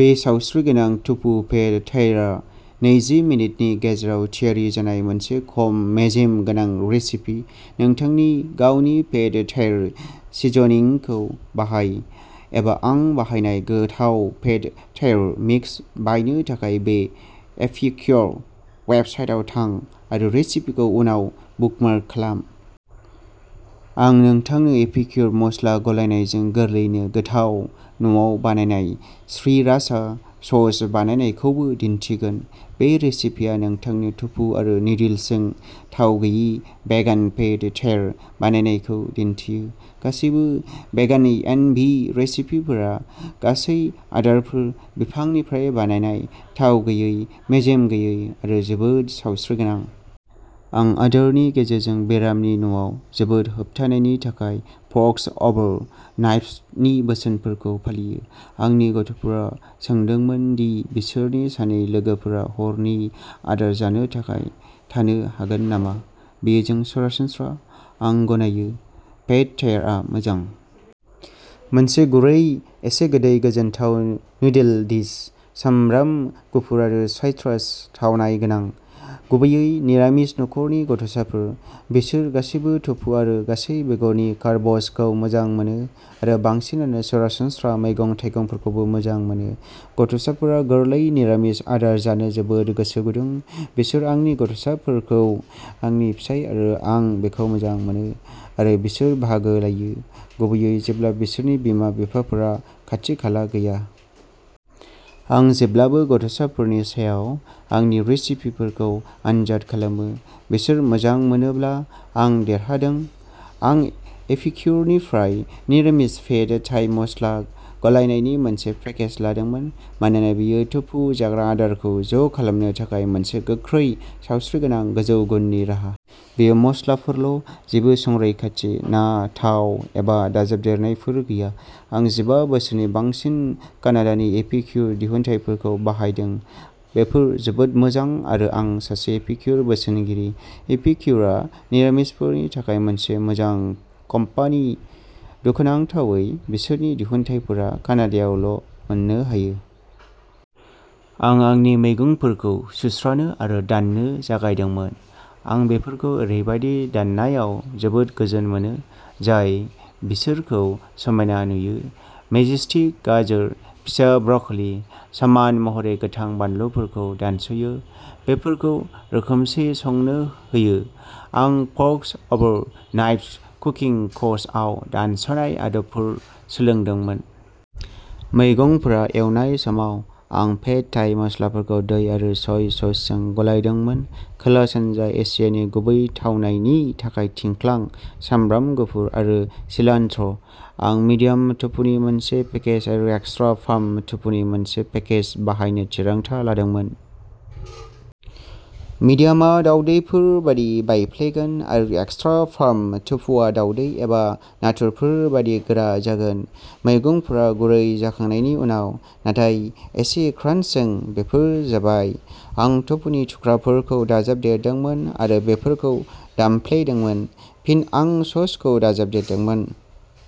बे सावस्रिगोनां tofu pad थाईआ नैजि मिनिटनि गेजेराव थियारि जानाय मोनसे खम मेजेम गोनां रेसिपि। नोंथांनि गावनि पेड थाई सिज'निंखौ बाहाय, एबा आं बाहायनाय गोथाव पेड थाई मिक्स बायनो थाखाय बे एपिक्य'र वेबसाइटाव थां, आरो बे रेसिपिखौ उनाव बुकमार्क खालाम। आं नोंथांनो एपिक्य'र मस्ला गलायनायजों गोरलैयैनो गोथाव न'आव बानायनाय श्रीराचा सस बानायनायखौबो दिन्थिगोन। बे रेसिपिया नोंथांनो टफु आरो नुडल्सजों थाव गैयै भेगान पेड थाई बानायनायखौ दिन्थियो। गासैबो भेगानएनभि रेसिपिफोरा गासै आदारफोर, बिफांनिफ्राय बानायनाय, थाव गैयै, मेजेम गैयै आरो जोबोद सावस्रिगोनां। आं आदारनि गेजेरजों बेरामनि न'आव जोबोदहोबथानायनि थाखाय फ'र्कस अभार नाइभ्सनि बोसोनफोरखौ फालियो। आंनि गथ'फोरा सोंदोंमोन दि बिसोरनि सानै लोगोफोरा हरनि आदार जानो थाखाय थानो हागोन नामा? बेयो जों सरासनस्रा। आं गनायो, पेड थाइया मोजां। मोनसे गुरै, एसे गोदै गोजोनथाव नुडल डिश। सामब्राम गुफुर आरो साइट्रास थावनाय गोनां। गुबैयै निरामिस नखरफोरनि गथ'साफोर। बिसोर गासैबो टफु आरो गासै बेगरनि कार्बसखौ मोजां मोनो, आरो बांसिनानो सरासनस्रा मैगं-थाइगंफोरखौबो मोजां मोनो। गथ'साफोरा गोरलै निरामिस आदार जानो जोबोद गोसो गुदुं, बिसोर आंनि गथ'साफोरखौ, आंनि फिसाय आरो आं बेखौ मोजां मोनो, आरो बिसोर बाहागो लायो, गुबैयै जेब्ला बिसोरनि बिमा-बिफाफोरा खाथि-खाला गैया। आं जेब्लाबो गथ'साफोरनि सायाव आंनि रेसिपिफोरखौ आनजाद खालामो। बिसोर मोजां मोनोब्ला, आं देरहादों। आं एपिक्युरनिफ्राय निरामिस पेड थाइ मस्ला गलायनायनि मोनसे पेकेज लादोंमोन, मानोना बेयो टफु जाग्रा आदारखौ ज' खालामनो थाखाय मोनसे गोख्रै, सावस्रिगोनां, गोजौ गुननि राहा। बेयो मस्लाफोरल' जेबो संरैखाथि, ना, थाव एबा दाजाबदेरनायफोर गैया। आं जिबा बोसोरनि बांसिन कानाडानि एपिक्युर दिहुनथायफोरखौ बाहायदों बेफोर जोबोद मोजां आरो आं सासे एपिक्युर बोसोनगिरि। एपिक्युरआ निरामिसफोरनि थाखाय मोनसे मोजां कम्पानि। दुखुनांथावै बिसोरनि दिहुनथायफोरा कानाडायावल' मोननो हायो। आं आंनि मैगंफोरखौ सुस्रानो आरो दाननो जागायदोंमोन, आं बेफोरखौ ओरैबायदि दाननायाव जोबोद गोजोन मोनो, जाय बिसोरखौ समायना नुयो। मैचिस्टिक गाजर, फिसा ब्रकलि, समान महरै गोथां बानलुफोरखौ दानस'यो। बेफोरखौ रोखोमसे संनो होयो। आं फ'र्कस अभार नाइव्स कुकिं क'र्सआव दानस'नाय आदबफोर सोलोंदोंमोन। मैगंफोरा एवनाय समाव, आं पेड थाई मस्लाफोरखौ दै आरो सय ससजों गलायदोंमोन। खोला-सानजा एसियानि गुबै थावनायनि थाखाय थिंख्लां, सामब्राम गुफुर आरो सिलान्ट्र'। आं मिडियाम टफुनि मोनसे पेकेज आरो एक्स्ट्रा फार्म टफुनि मोनसे पेकेज बाहायनो थिरांथा लादोंमोन। मिडियामआ दावदैफोर बायदि बायफ्लेगोन आरो एक्स्ट्रा फार्म टफुआ दावदै एबा नाथुरफोर बायदि गोरा जागोन। मैगंफोरा गुरै जाखांनायनि उनाव, नाथाय एसे क्रान्चजों, बेफोर जाबाय। आं टफुनि थुख्राफोरखौ दाजाबदेरदोंमोन आरो बेफोरखौ दामफ्लेदोंमोन। फिन आं ससखौ दाजाबदेरदोंमोन।